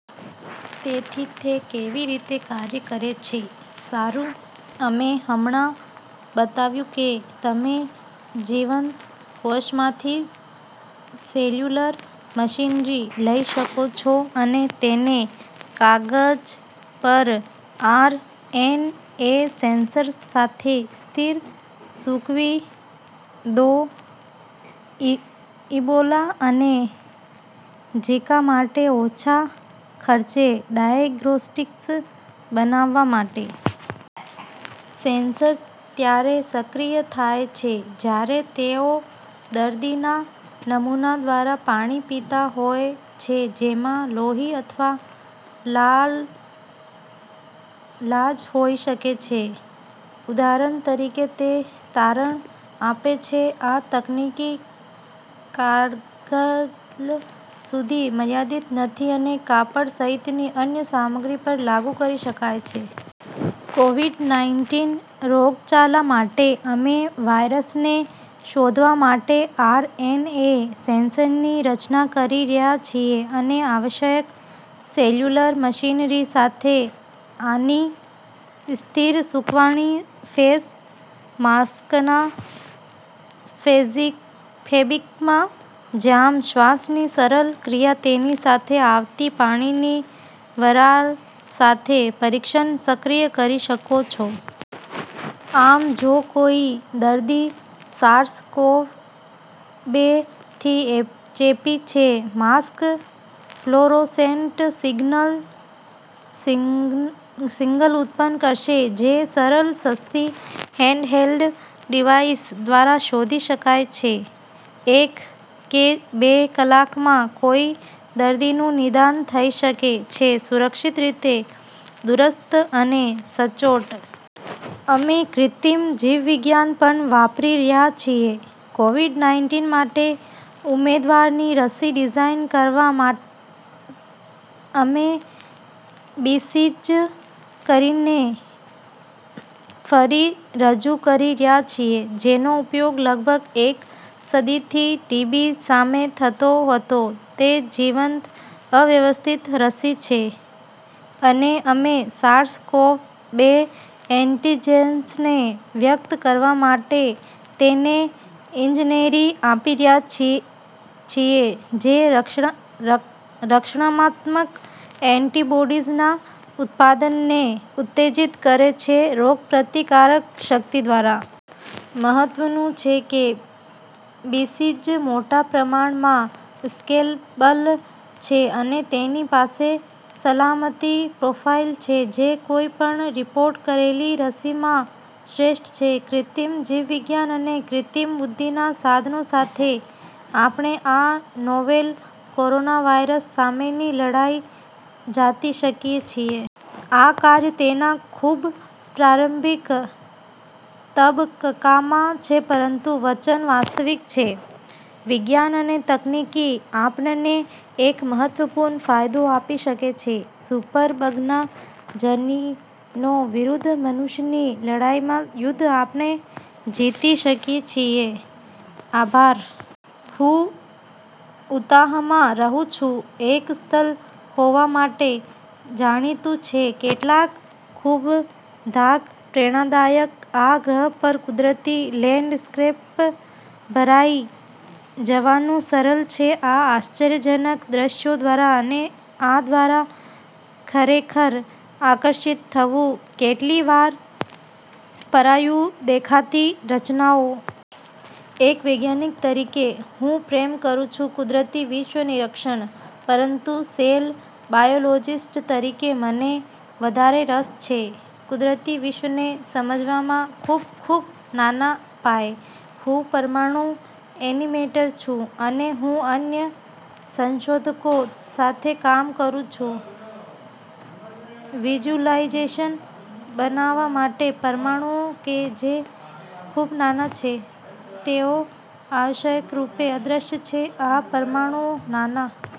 તેથીતે કેવી રીતે કાર્ય કરે છે? સારું, અમે હમણાં બતાવ્યું કે તમે જીવંત કોષમાંથી સેલ્યુલર મશીનરી લઈ શકો છો અને તેને કાગળ પર આર. એન. એ. સેન્સર સાથે સ્થિર-સૂકવી દો ઇબોલા અને ઝિકા માટે ઓછા ખર્ચે ડાયગ્નોસ્ટિક્સ બનાવવા માટે. સેન્સર ત્યારે સક્રિય થાય છે જ્યારે તેઓ દર્દીના નમૂના દ્વારા પાણી પીતા હોય છે જેમાં લોહી અથવા લાળ હોઈ શકે છે, ઉદાહરણ તરીકે. તે તારણ આપે છે, આ તકનીકી કાગળ સુધી મર્યાદિત નથી અને કાપડ સહિતની અન્ય સામગ્રી પર લાગુ કરી શકાય છે. કોવીડ-નાઇનટીન રોગચાળા માટે, અમે વાયરસને શોધવા માટે આરએનએ સેન્સરની રચના કરી રહ્યા છીએ અને આવશ્યક સેલ્યુલર મશીનરી સાથે આની સ્થિર-સૂકવણી ફેસ માસ્કના ફેબ્રિકમાં, જ્યાં શ્વાસની સરળ ક્રિયા, તેની સાથે આવતી પાણીની વરાળ સાથે, પરીક્ષણ સક્રિય કરી શકો છો। આમ, જો કોઈ દર્દી સાર્સ-કોવ-બે થી ચેપી છે, માસ્ક ફ્લોરોસન્ટ સિગ્નલ ઉત્પન્ન કરશે જે સરળ, સસ્તી હેન્ડહેલ્ડ ડિવાઇસ દ્વારા શોધી શકાય છે। એક કે બે કલાકમાં, કોઈ દર્દીનું નિદાન થઈ શકે છે સુરક્ષિત રીતે, દૂરસ્થ અને સચોટ. અમે કૃત્રિમ જીવવિજ્ઞાન પણ વાપરી રહ્યા છીએ કોવીડ-નાઇનટીન માટે ઉમેદવારની રસી ડિઝાઇન કરવા. અમે બીસીજી રસીને ફરી રજૂ કરી રહ્યા છીએ, જેનો ઉપયોગ લગભગ એક સદીથી ટીબી સામે થતો હતો. તે જીવંત અવ્યવસ્થિત રસી છે, અને અમે સાર્સ-કોવ-બે એન્ટિજેન્સને વ્યક્ત કરવા માટે તેને ઇજનેરી આપી રહ્યા છીએ, જે રક્ષણાત્મક એન્ટિબોડીઝના ઉત્પાદનને ઉત્તેજિત કરે છે રોગપ્રતિકારક શક્તિ દ્વારા। મહત્વનું છે કે, બીસીજી મોટા પ્રમાણમાં સ્કેલેબલ છે અને તેની પાસે સલામતી પ્રોફાઇલ છે જે કોઈ પણ રીપોર્ટ કરેલી રસીમાં શ્રેષ્ઠ છે. કૃત્રિમ જીવવિજ્ઞાન અને કૃત્રિમ બુદ્ધિના સાધનો સાથે, આપણે આ નોવેલ કોરોનાવાયરસ સામેની લડાઈ જીતી શકીએ છીએ. આ કાર્ય તેના ખૂબ પ્રારંભિક તબક્કામાં છે, પરંતુ વચન વાસ્તવિક છે. વિજ્ઞાન અને તકનીકી આપણને એક મહત્વપૂર્ણ ફાયદો આપી શકે છે સુપર બગના જનીનો વિરુદ્ધ મનુષ્યની લડાઇમાં, યુદ્ધ આપણે જીતી શકીએ છીએ. આભાર. હું ઉતાહમાં રહું છું, એક સ્થળ હોવા માટે જાણીતું છે કેટલાક ખૂબ ધાક-પ્રેરણાદાયક આ ગ્રહ પર કુદરતી લેન્ડસ્કેપ્સ. ભરાઈ જવાનું સરળ છે આ આશ્ચર્યજનક દૃશ્યો દ્વારા, અને આ દ્વારા ખરેખર આકર્ષિત થવું કેટલીકવાર પરાયું દેખાતી રચનાઓ. એક વૈજ્ઞાનિક તરીકે, હું પ્રેમ કરું છું કુદરતી વિશ્વ નિરીક્ષણ. પરંતુ સેલ બાયોલોજિસ્ટ તરીકે, મને વધારે રસ છે કુદરતી વિશ્વને સમજવામાં ખૂબ, ખૂબ નાના પાયે. હું પરમાણુ એનિમેટર છું, અને હું અન્ય સંશોધકો સાથે કામ કરું છું વિઝ્યુલાઇઝેશન બનાવવા માટે પરમાણુઓ કે જે ખૂબ નાના છે, તેઓ આવશ્યકરૂપે અદ્રશ્ય છે. આ પરમાણુઓ નાના